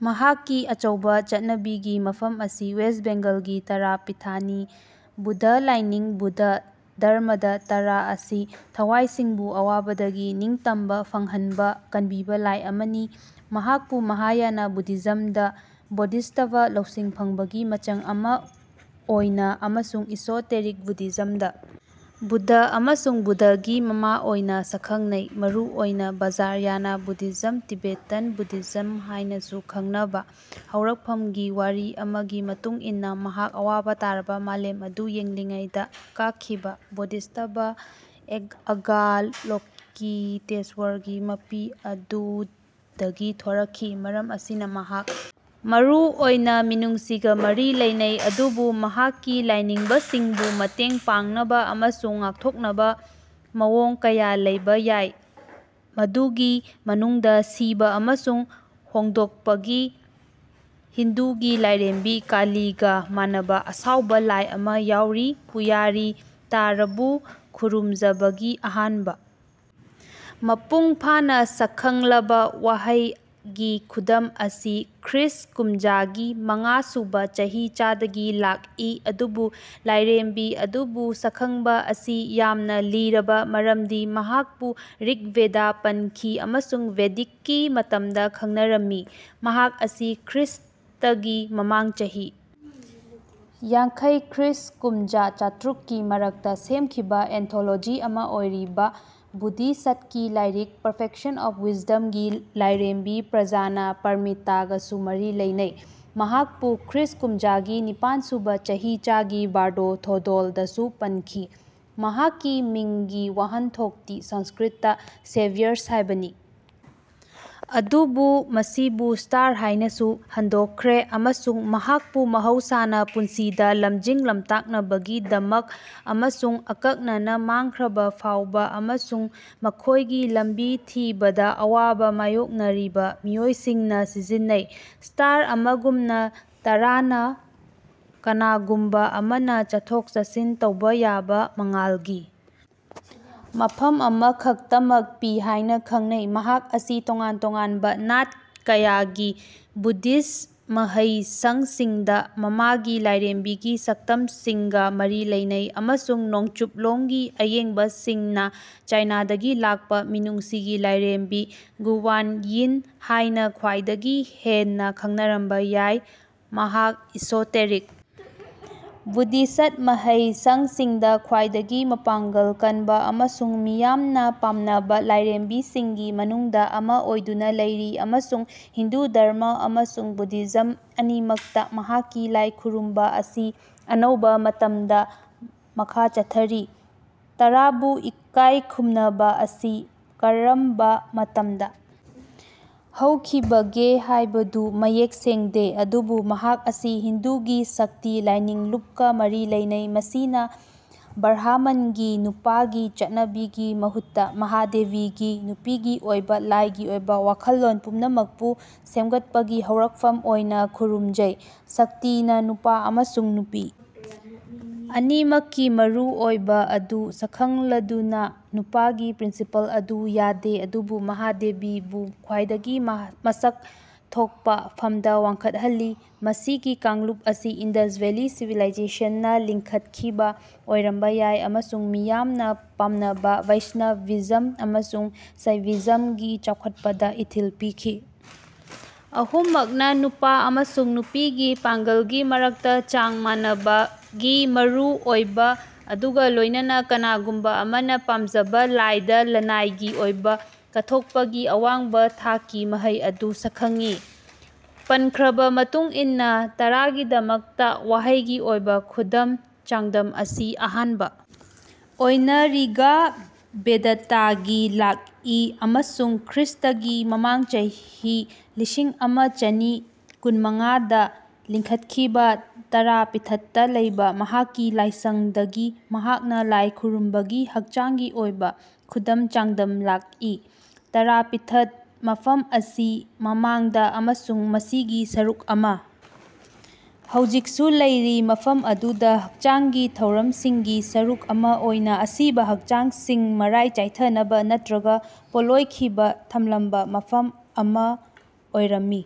ꯃꯍꯥꯛꯀꯤ ꯑꯆꯧꯕ ꯆꯠꯅꯕꯤꯒꯤ ꯃꯐꯝ ꯑꯁꯤ ꯋꯦꯁꯠ ꯕꯦꯡꯒꯣꯜꯒꯤ ꯇꯥꯔꯥꯄꯤꯊꯅꯤ꯫ ꯕꯨꯗ꯭ꯙ ꯂꯥꯏꯅꯤꯡ ꯕꯨꯗ꯭ꯙ ꯙꯔꯃꯥꯗ ꯇꯥꯔꯥ ꯑꯁꯤ ꯊꯋꯥꯏꯁꯤꯡꯕꯨ ꯑꯋꯥꯕꯗꯒꯤ ꯅꯤꯡꯇꯝꯕ ꯐꯪꯍꯟꯕ ꯀꯟꯕꯤꯕ ꯂꯥꯏ ꯑꯃꯅꯤ꯫ ꯃꯍꯥꯛꯄꯨ ꯃꯍꯥꯌꯥꯅ ꯕꯨꯙꯤꯖꯝꯗ ꯕꯣꯙꯤꯁꯠꯚ ꯂꯧꯁꯤꯡ ꯐꯪꯕꯒꯤ ꯃꯆꯪ ꯑꯃ ꯑꯣꯏꯅ ꯑꯃꯁꯨꯡ ꯏꯁꯣꯇꯦꯔꯤꯛ ꯕꯨꯙꯤꯖꯝꯗ ꯕꯨꯗ꯭ꯙ ꯑꯃꯁꯨꯡ ꯕꯨꯗ꯭ꯙꯒꯤ ꯃꯃꯥ ꯑꯣꯏꯅ ꯁꯛꯈꯪꯅꯩ ꯃꯔꯨꯑꯣꯏꯅ ꯕꯖ꯭ꯔꯌꯥꯅ ꯕꯨꯙꯤꯖꯝ ꯇꯤꯕꯦꯇꯥꯟ ꯕꯨꯙꯤꯖꯝ ꯍꯥꯏꯅꯁꯨ ꯈꯪꯅꯕ꯫ ꯍꯧꯔꯛꯐꯝꯒꯤ ꯋꯥꯔꯤ ꯑꯃꯒꯤ ꯃꯇꯨꯡ ꯏꯟꯅ ꯃꯍꯥꯛ ꯑꯋꯥꯕ ꯇꯥꯔꯕ ꯃꯥꯂꯦꯝ ꯑꯗꯨ ꯌꯦꯡꯂꯤꯉꯩꯗ ꯀꯞꯈꯤꯕ ꯕꯣꯙꯤꯁꯠꯚ ꯑꯚꯥꯂꯣꯀꯤꯇꯦꯁ꯭ꯋꯔꯒꯤ ꯃꯄꯤ ꯑꯗꯨꯗꯒꯤ ꯊꯣꯔꯛꯈꯤ꯫ ꯃꯔꯝ ꯑꯁꯤꯅ ꯃꯍꯥꯛ ꯃꯔꯨ ꯑꯣꯏꯅ ꯃꯤꯅꯨꯡꯁꯤꯒ ꯃꯔꯤ ꯂꯩꯅꯩ ꯑꯗꯨꯕꯨ ꯃꯍꯥꯛꯀꯤ ꯂꯥꯏꯅꯤꯡꯕꯁꯤꯡꯕꯨ ꯃꯇꯦꯡ ꯄꯥꯡꯅꯕ ꯑꯃꯁꯨꯡ ꯉꯥꯛꯊꯣꯛꯅꯕ ꯃꯑꯣꯡ ꯀꯌꯥ ꯂꯩꯕ ꯌꯥꯏ ꯃꯗꯨꯒꯤ ꯃꯅꯨꯡꯗ ꯁꯤꯕ ꯑꯃꯁꯨꯡ ꯍꯣꯡꯗꯣꯛꯄꯒꯤ ꯍꯤꯟꯗꯨꯒꯤ ꯂꯥꯏꯔꯦꯝꯕꯤ ꯀꯥꯂꯤꯒ ꯃꯥꯟꯅꯕ ꯑꯁꯥꯎꯕ ꯂꯥꯏ ꯑꯃ ꯌꯥꯎꯔꯤ꯫ ꯄꯨꯋꯥꯔꯤ ꯇꯥꯔꯥꯕꯨ ꯈꯨꯔꯨꯝꯖꯕꯒꯤ ꯑꯍꯥꯟꯕ ꯃꯄꯨꯡ ꯐꯥꯅ ꯁꯛꯈꯪꯂꯕ ꯋꯥꯍꯩꯒꯤ ꯈꯨꯗꯝ ꯑꯁꯤ ꯈ꯭ꯔꯤꯁ꯭ꯠ ꯀꯨꯝꯖꯥꯒꯤ ꯃꯉꯥ ꯁꯨꯕ ꯆꯍꯤꯆꯥꯗꯒꯤ ꯂꯥꯛꯏ ꯑꯗꯨꯕꯨ ꯂꯥꯏꯔꯦꯝꯕꯤ ꯑꯗꯨꯕꯨ ꯁꯛꯈꯪꯕ ꯑꯁꯤ ꯌꯥꯝꯅ ꯂꯤꯔꯕ ꯃꯔꯝꯗꯤ ꯃꯍꯥꯛꯄꯨ ꯔꯤꯒ ꯕꯦꯗꯗ ꯄꯟꯈꯤ ꯑꯃꯁꯨꯡ ꯕꯦꯗꯤꯛꯀꯤ ꯃꯇꯝꯗ ꯈꯪꯅꯔꯝꯃꯤ꯫ ꯃꯍꯥꯛ ꯑꯁꯤ ꯈ꯭ꯔꯤꯁꯇꯒꯤ ꯃꯃꯥꯡ ꯆꯍꯤ ꯌꯥꯡꯈꯩ ꯈ꯭ꯔꯤꯁ꯭ꯠ ꯀꯨꯝꯖꯥ ꯆꯥꯇ꯭ꯔꯨꯛ ꯀꯤ ꯃꯔꯛꯇ ꯁꯦꯝꯈꯤꯕ ꯑꯦꯟꯊꯣꯂꯣꯖꯤ ꯑꯃ ꯑꯣꯏꯔꯤꯕ ꯕꯨꯗ꯭ꯙꯤꯁ꯭ꯠꯀꯤ ꯂꯥꯏꯔꯤꯛ ꯄꯔꯐꯦꯛꯁꯟ ꯑꯣꯐ ꯋꯤꯁꯗꯝꯒꯤ ꯂꯥꯏꯔꯦꯝꯕꯤ ꯄ꯭ꯔꯖꯅꯄꯔꯃꯤꯇꯥꯒꯁꯨ ꯃꯔꯤ ꯂꯩꯅꯩ꯫ ꯃꯍꯥꯛꯄꯨ ꯈ꯭ꯔꯤꯁ꯭ꯠ ꯀꯨꯝꯖꯥꯒꯤ ꯅꯤꯄꯥꯟꯁꯨꯕ ꯆꯍꯤꯆꯥꯒꯤ ꯕꯥꯔꯗꯣ ꯊꯣꯗꯣꯜꯗꯁꯨ ꯄꯟꯈꯤ꯫ ꯃꯍꯥꯛꯀꯤ ꯃꯤꯡꯒꯤ ꯋꯥꯍꯟꯊꯣꯛꯇꯤ ꯁꯪꯁ꯭ꯀ꯭ꯔꯤꯠꯇ ꯁꯦꯚꯤꯌꯔꯁ ꯍꯥꯏꯕꯅꯤ ꯑꯗꯨꯕꯨ ꯃꯁꯤꯕꯨ ꯁ꯭ꯇꯥꯔ ꯍꯥꯏꯅꯁꯨ ꯍꯟꯗꯣꯛꯈ꯭ꯔꯦ ꯑꯃꯁꯨꯡ ꯃꯍꯥꯛꯄꯨ ꯃꯍꯧꯁꯥꯅ ꯄꯨꯟꯁꯤꯗ ꯂꯝꯖꯤꯡ ꯂꯝꯇꯥꯛꯅꯕꯒꯤꯗꯃꯛ ꯑꯃꯁꯨꯡ ꯑꯀꯛꯅꯅ ꯃꯥꯡꯈ꯭ꯔꯕ ꯐꯥꯎꯕ ꯑꯃꯁꯨꯡ ꯃꯈꯣꯏꯒꯤ ꯂꯝꯕꯤ ꯊꯤꯕꯗ ꯑꯋꯥꯕ ꯃꯥꯌꯣꯛꯅꯔꯤꯕ ꯃꯤꯑꯣꯏꯁꯤꯡꯅ ꯁꯤꯖꯤꯟꯅꯩ꯫ ꯁ꯭ꯇꯥꯔ ꯑꯃꯒꯨꯝꯅ ꯇꯥꯔꯥꯅ ꯀꯅꯥꯒꯨꯝꯕ ꯑꯃꯅ ꯆꯠꯊꯣꯛ ꯆꯠꯁꯤꯟ ꯇꯧꯕ ꯌꯥꯕ ꯃꯉꯥꯜꯒꯤ ꯃꯐꯝ ꯑꯃꯈꯛꯇꯃꯛ ꯄꯤ ꯍꯥꯏꯅ ꯈꯟꯅꯩ꯫ ꯃꯍꯥꯛ ꯑꯁꯤ ꯇꯣꯉꯥꯟ ꯇꯣꯉꯥꯟꯕ ꯅꯥꯠ ꯀꯌꯥꯒꯤ ꯕꯨꯗꯙꯤꯁ꯭ꯠ ꯃꯍꯩꯁꯪꯁꯤꯡꯗ ꯃꯃꯥꯒꯤ ꯂꯥꯏꯔꯦꯝꯕꯤꯒꯤ ꯁꯛꯇꯝꯁꯤꯡꯒ ꯃꯔꯤ ꯂꯩꯅꯩ ꯑꯃꯁꯨꯡ ꯅꯣꯡꯆꯨꯞꯂꯣꯝꯒꯤ ꯑꯌꯦꯡꯕꯁꯤꯡꯅ ꯆꯥꯏꯅꯥꯗꯒꯤ ꯂꯥꯛꯄ ꯃꯤꯅꯨꯡꯁꯤꯒꯤ ꯂꯥꯏꯔꯦꯝꯕꯤ ꯒꯨꯋꯥꯟꯌꯤꯟ ꯍꯥꯏꯅ ꯈ꯭ꯋꯥꯏꯗꯒꯤ ꯍꯦꯟꯅ ꯈꯪꯅꯔꯝꯕ ꯌꯥꯏ꯫ ꯃꯍꯥꯛ ꯏꯁꯣꯇꯦꯔꯤꯛ ꯕꯨꯗꯙꯤꯁ꯭ꯠ ꯃꯍꯩꯁꯪꯁꯤꯡꯗ ꯈ꯭ꯋꯥꯏꯗꯒꯤ ꯃꯄꯥꯡꯒꯜ ꯀꯟꯕ ꯑꯃꯁꯨꯡ ꯃꯤꯌꯥꯝꯅ ꯄꯥꯝꯅꯕ ꯂꯥꯏꯔꯦꯝꯕꯤꯁꯤꯡꯒꯤ ꯃꯅꯨꯡꯗ ꯑꯃ ꯑꯣꯏꯗꯨꯅ ꯂꯩꯔꯤ ꯑꯃꯁꯨꯡ ꯍꯤꯟꯗꯨ ꯙꯔꯃꯥ ꯑꯃꯁꯨꯡ ꯕꯨꯙꯤꯖꯝ ꯑꯅꯤꯃꯛꯇ ꯃꯍꯥꯛꯀꯤ ꯂꯥꯏ ꯈꯨꯔꯨꯝꯕ ꯑꯁꯤ ꯑꯅꯧꯕ ꯃꯇꯝꯗ ꯃꯈꯥ ꯆꯠꯊꯔꯤ꯫ ꯇꯥꯔꯥꯕꯨ ꯏꯀꯥꯏ ꯈꯨꯝꯅꯕ ꯑꯁꯤ ꯀꯔꯝꯕ ꯃꯇꯝꯗ ꯍꯧꯈꯤꯕꯒꯦ ꯍꯥꯏꯕꯗꯨ ꯃꯌꯦꯛ ꯁꯦꯡꯗꯦ ꯑꯗꯨꯕꯨ ꯃꯍꯥꯛ ꯑꯁꯤ ꯍꯤꯟꯗꯨꯒꯤ ꯁꯛꯇꯤ ꯂꯥꯏꯅꯤꯡ ꯂꯨꯞꯀ ꯃꯔꯤ ꯂꯩꯅꯩ ꯃꯁꯤꯅ ꯕ꯭ꯔꯍꯃꯟꯒꯤ ꯅꯨꯄꯥꯒꯤ ꯆꯠꯅꯕꯤꯒꯤ ꯃꯍꯨꯠꯇ ꯃꯍꯥꯗꯦꯕꯤꯒꯤ ꯅꯨꯄꯤꯒꯤ ꯑꯣꯏꯕ ꯂꯥꯏꯒꯤ ꯑꯣꯏꯕ ꯋꯥꯈꯜꯂꯣꯟ ꯄꯨꯝꯅꯃꯛꯄꯨ ꯁꯦꯝꯒꯠꯄꯒꯤ ꯍꯧꯔꯛꯐꯝ ꯑꯣꯏꯅ ꯈꯨꯔꯨꯝꯖꯩ꯫ ꯁꯛꯇꯤꯅ ꯅꯨꯄꯥ ꯑꯃꯁꯨꯡ ꯅꯨꯄꯤ ꯑꯅꯤꯃꯛꯀꯤ ꯃꯔꯨꯑꯣꯏꯕ ꯑꯗꯨ ꯁꯛꯈꯪꯂꯗꯨꯅ ꯅꯨꯄꯥꯒꯤ ꯄ꯭ꯔꯤꯟꯁꯤꯄꯜ ꯑꯗꯨ ꯌꯥꯗꯦ ꯑꯗꯨꯕꯨ ꯃꯍꯥꯗꯦꯕꯤꯕꯨ ꯈ꯭ꯋꯥꯏꯗꯒꯤ ꯃꯁꯛ ꯊꯣꯛꯄ ꯐꯝꯗ ꯋꯥꯡꯈꯠꯍꯜꯂꯤ꯫ ꯃꯁꯤꯒꯤ ꯀꯥꯡꯂꯨꯞ ꯑꯁꯤ ꯏꯟꯗꯁ ꯚꯦꯂꯤ ꯁꯤꯚꯤꯂꯥꯏꯖꯦꯁꯟꯅ ꯂꯤꯡꯈꯠꯈꯤꯕ ꯑꯣꯏꯔꯝꯕ ꯌꯥꯏ ꯑꯃꯁꯨꯡ ꯃꯤꯌꯥꯝꯅ ꯄꯥꯝꯅꯕ ꯕꯩꯁꯅꯚꯤꯖꯝ ꯑꯃꯁꯨꯡ ꯁꯥꯏꯚꯤꯖꯝꯒꯤ ꯆꯥꯎꯈꯠꯄꯗ ꯏꯊꯤꯜ ꯄꯤꯈꯤ꯫ ꯑꯍꯨꯝꯃꯛꯅ ꯅꯨꯄꯥ ꯑꯃꯁꯨꯡ ꯅꯨꯄꯤꯒꯤ ꯄꯥꯡꯒꯜꯒꯤ ꯃꯔꯛꯇ ꯆꯥꯡ ꯃꯥꯟꯅꯕꯒꯤ ꯃꯔꯨꯑꯣꯏꯕ ꯑꯗꯨꯒ ꯂꯣꯏꯅꯅ ꯀꯅꯥꯒꯨꯝꯕ ꯑꯃꯅ ꯄꯥꯝꯖꯕ ꯂꯥꯏꯗ ꯂꯅꯥꯏꯒꯤ ꯑꯣꯏꯕ ꯀꯠꯊꯣꯛꯄꯒꯤ ꯑꯋꯥꯡꯕ ꯊꯥꯛꯀꯤ ꯃꯍꯩ ꯑꯗꯨ ꯁꯛꯈꯪꯉꯤ꯫ ꯄꯟꯈ꯭ꯔꯕ ꯃꯇꯨꯡ ꯏꯟꯅ ꯇꯥꯔꯥꯒꯤꯗꯃꯛꯇ ꯋꯥꯍꯩꯒꯤ ꯑꯣꯏꯕ ꯈꯨꯗꯝ ꯆꯥꯡꯗꯝ ꯑꯁꯤ ꯑꯍꯥꯟꯕ ꯑꯣꯏꯅ ꯔꯤꯒ ꯕꯦꯗꯇꯒꯤ ꯂꯥꯛꯏ ꯑꯃꯁꯨꯡ ꯈ꯭ꯔꯤꯁ꯭ꯠꯒꯤ ꯃꯃꯥꯡ ꯆꯍꯤ ꯂꯤꯁꯤꯡ ꯑꯃ ꯆꯅꯤ ꯀꯨꯟꯃꯉꯥꯗ ꯂꯤꯡꯈꯠꯈꯤꯕ ꯇꯥꯔꯥꯄꯤꯊꯇ ꯂꯩꯕ ꯃꯍꯥꯛꯀꯤ ꯂꯥꯏꯁꯪꯗꯒꯤ ꯃꯍꯥꯛꯅ ꯂꯥꯏ ꯈꯨꯔꯨꯝꯕꯒꯤ ꯍꯛꯆꯥꯡꯒꯤ ꯑꯣꯏꯕ ꯈꯨꯗꯝ ꯆꯥꯡꯗꯝ ꯂꯥꯛꯏ꯫ ꯇꯔꯥꯄꯤꯊꯀꯤ ꯃꯐꯝ ꯑꯁꯤ ꯃꯃꯥꯡꯗ ꯑꯃꯁꯨꯡ ꯃꯁꯤꯒꯤ ꯁꯔꯨꯛ ꯑꯃ ꯍꯧꯖꯤꯛꯁꯨ ꯂꯩꯔꯤ ꯃꯐꯝ ꯑꯗꯨꯗ ꯍꯛꯆꯥꯡꯒꯤ ꯊꯧꯔꯝꯁꯤꯡꯒꯤ ꯁꯔꯨꯛ ꯑꯃ ꯑꯣꯏꯅ ꯑꯁꯤꯕ ꯍꯛꯆꯥꯡꯁꯤꯡ ꯃꯔꯥꯏ ꯆꯥꯏꯊꯅꯕ ꯅꯠꯇ꯭ꯔꯒ ꯄꯣꯠꯂꯣꯏꯈꯤꯕ ꯊꯝꯂꯝꯕ ꯃꯐꯝ ꯑꯃ ꯑꯣꯏꯔꯝꯃꯤ꯫